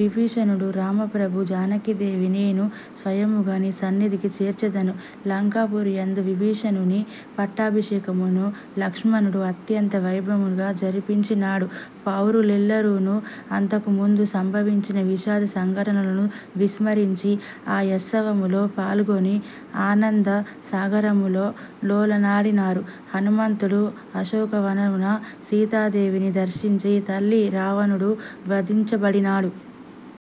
విభీషణుడు: రామప్రభూ, జానకీదేవిని నేను స్వయముగ నీ సన్నిధిని చేర్చెదను. లంకాపురి యందు విభీషణుని పట్టాభిషేకమును లక్ష్మణుడు అత్యంత వైభవముగ జరిపించినాడు. పౌరులెల్లరును అంతకుముందు సంభవించిన విషాద సంఘటనలను విస్మరించి ఆ యుత్సవమున పాల్గొని ఆనంద సాగరమున నోలలాడినారు. హనుమంతుడు అశోక వనమున సీతాదేవిని దర్శించి తల్లీ, రావణుడు వధించబడినాడు.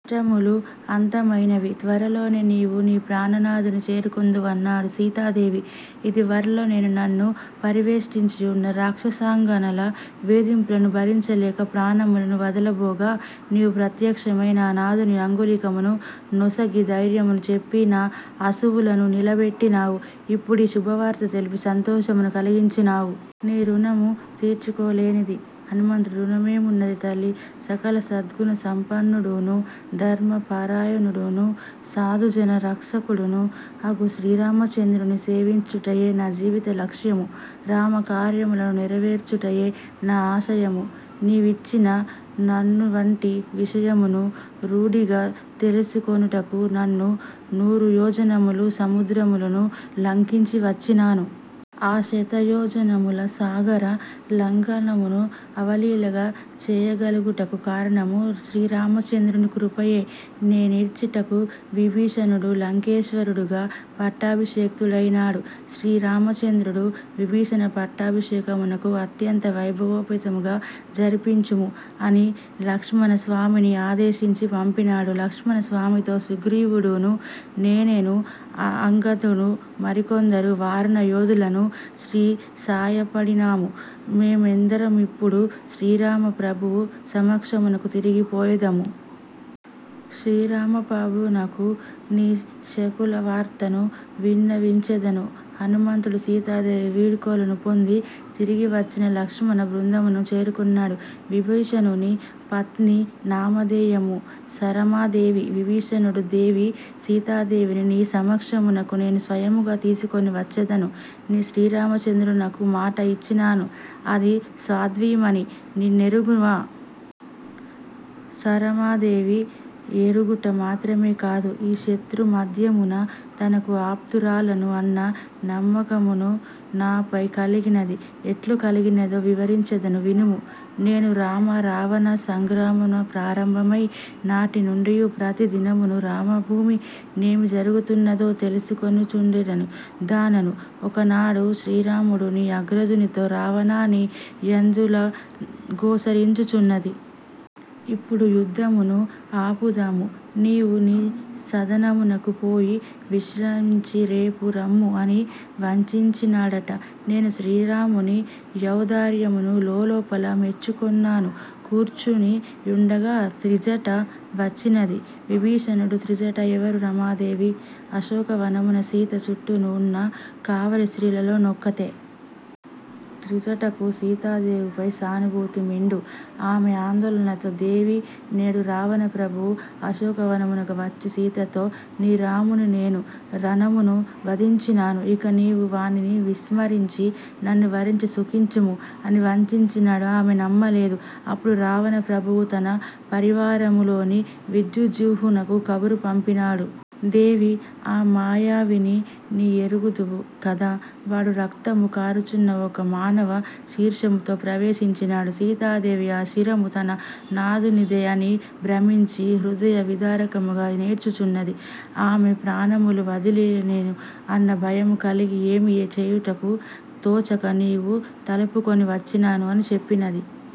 నీ కష్టములు అంతమైనవి. త్వరలోనే నీవు నీ ప్రాణనాథుని చేరుకొందువు అన్నాడు. సీతాదేవి: ఇదివరలో నేను నన్ను పరివేష్టించియున్న రాక్షసాంగనల వేధింపులను భరించలేక ప్రాణములను వదలబోగా, నీవు ప్రత్యక్షమై నా నాథుని అంగుళీయకము నొసగి, ధైర్యమును చెప్పి నా అసువులను నిలబెట్టినావు. ఇప్పుడీ శుభవార్తను తెలిపి సంతోషమును కలిగించినావు. నీ ఋణము తీర్చుకొనలేనిది. హనుమంతుడు: ఋణమేమున్నది తల్లీ? సకల సద్గుణ సంపన్నుడును, ధర్మపరాయణుడును, సాధుజన రక్షకుడును అగు శ్రీరామచంద్రుని సేవించుటయే నా జీవిత లక్ష్యము; రామ కార్యములను నెరనెరవేర్చుటయె నా ఆశయము. నీవిచ్చట నుంటివన్న విషయమును రూఢిగా తెలిసికొనుటకు మున్ను నూరుయోజనముల సముద్రమును లంఘించి వచ్చినాను. ఆ శతయోజనముల సాగర లంఘనమును అవలీలగా చేయగలుగుటకు కారణము శ్రీరామచంద్రుని కృపయే నేడిచ్చట విభీషణుడు లంకేశ్వరుడుగ పట్టాభిషిక్తుడైనాడు. శ్రీరామచంద్రుడు విభీషణ పట్టాభిషేకమును అత్యంత వైభవోపేతముగ జరిపించుము అని లక్ష్మణస్వామిని ఆదేశించి పంపినాడు. లక్ష్మణస్వామితో సుగ్రీవుడును నేనును అంగదుడు మరికొందరు వానర యోధులును వచ్చి సాయపడినాము. మేమందరమిప్పుడు శ్రీరామ ప్రభువు సమక్షమునకు తిరిగి పోయెదము. శ్రీరామప్రభువునకు నీ కుశలవార్తను విన్నవించెదను. హనుమంతుడు సీతాదేవి వీడ్కోలును పొంది తిరిగివచ్చి లక్ష్మణ బృందమును చేరుకొన్నాడు. విభీషణుని పత్ని నామధేయము 'సరమా దేవి'. విభీషణుడు: దేవీ సీతాదేవిని నీ సమక్షమునకు నేను స్వయముగ తీసికొని వచ్చెదన ని శ్రీరామచంద్రునకు మాట ఇచ్చినాను. ఆ సాధ్వీమణి నిన్నెఱుగునా? సరమాదేవి: ఎఱుగుట మాత్రమే కాదు. ఈ శత్రు మధ్యమున తనకు ఆప్తురాలను అన్న నమ్మకమామెకు నాపై కలిగినది. ఎట్లు కలిగినదో వివరించెదను వినుము నేను రామ రావణ సంగ్రామము ప్రారంభమైన నాటి నుండియూ ప్రతి దినమును రణభూమినేమి జరుగుచున్నదో తెలిసికొనుచుండెడి దానను ఒకనాడు శ్రీరాముడు నీ అగ్రజునితో రావణా నీ యందలసట గోచరించుచున్నది. ఇప్పుడు యుద్ధమును ఆపుదము. నీవు నీ సదనమునకు పోయి విశ్రమించి రేపు రమ్ము అని వచించినాడట. నేను శ్రీరాముని యౌదార్యమును లోలోపల మెచ్చుకొనుచు కూర్చొని యుండగా త్రిజట వచ్చినది. విభీషణుడు: త్రిజట ఎవరు? సరమాదేవి: అశోక వనమున సీత చుట్టును ఉన్న కావలి స్త్రీలలో నొక్కతె. త్రిజటకు సీతాదేవిపై సానుభూతి మెండు ఆమె ఆందోళనతో దేవీ నేడు రావణ ప్రభువు అశోకవనమునకు వచ్చి సీతతో, నీ రాముని నేను రణమున వధించినాను. ఇంక నీవు వానిని విస్మరించి నన్ను వరించి సుఖించుము' అని వచించినాడు. ఆమె నమ్మలేదు. అప్పుడు రావణ ప్రభువు తన పరివారము లోని విద్యుజ్జిహ్వునకు కబురు పంపినాడు. దేవీ ఆ మాయావిని నీ వెఱుగుదువు కద. వాడు రక్తము కాఱుచున్న ఒక మానవ శీర్షము తో ప్రవేశించినాడు. సీతాదేవి ఆ శిరము తన నాథునిదే అని భ్రమించి హృదయ విదారకముగ నేడ్చుచున్నది. ఆమె ప్రాణములను వదలివేయునేమో అన్న భయము కలిగి ఏమి చేయటకును తోచక నీకు తెలుపుటకు వచ్చినాను అని చెప్పినది.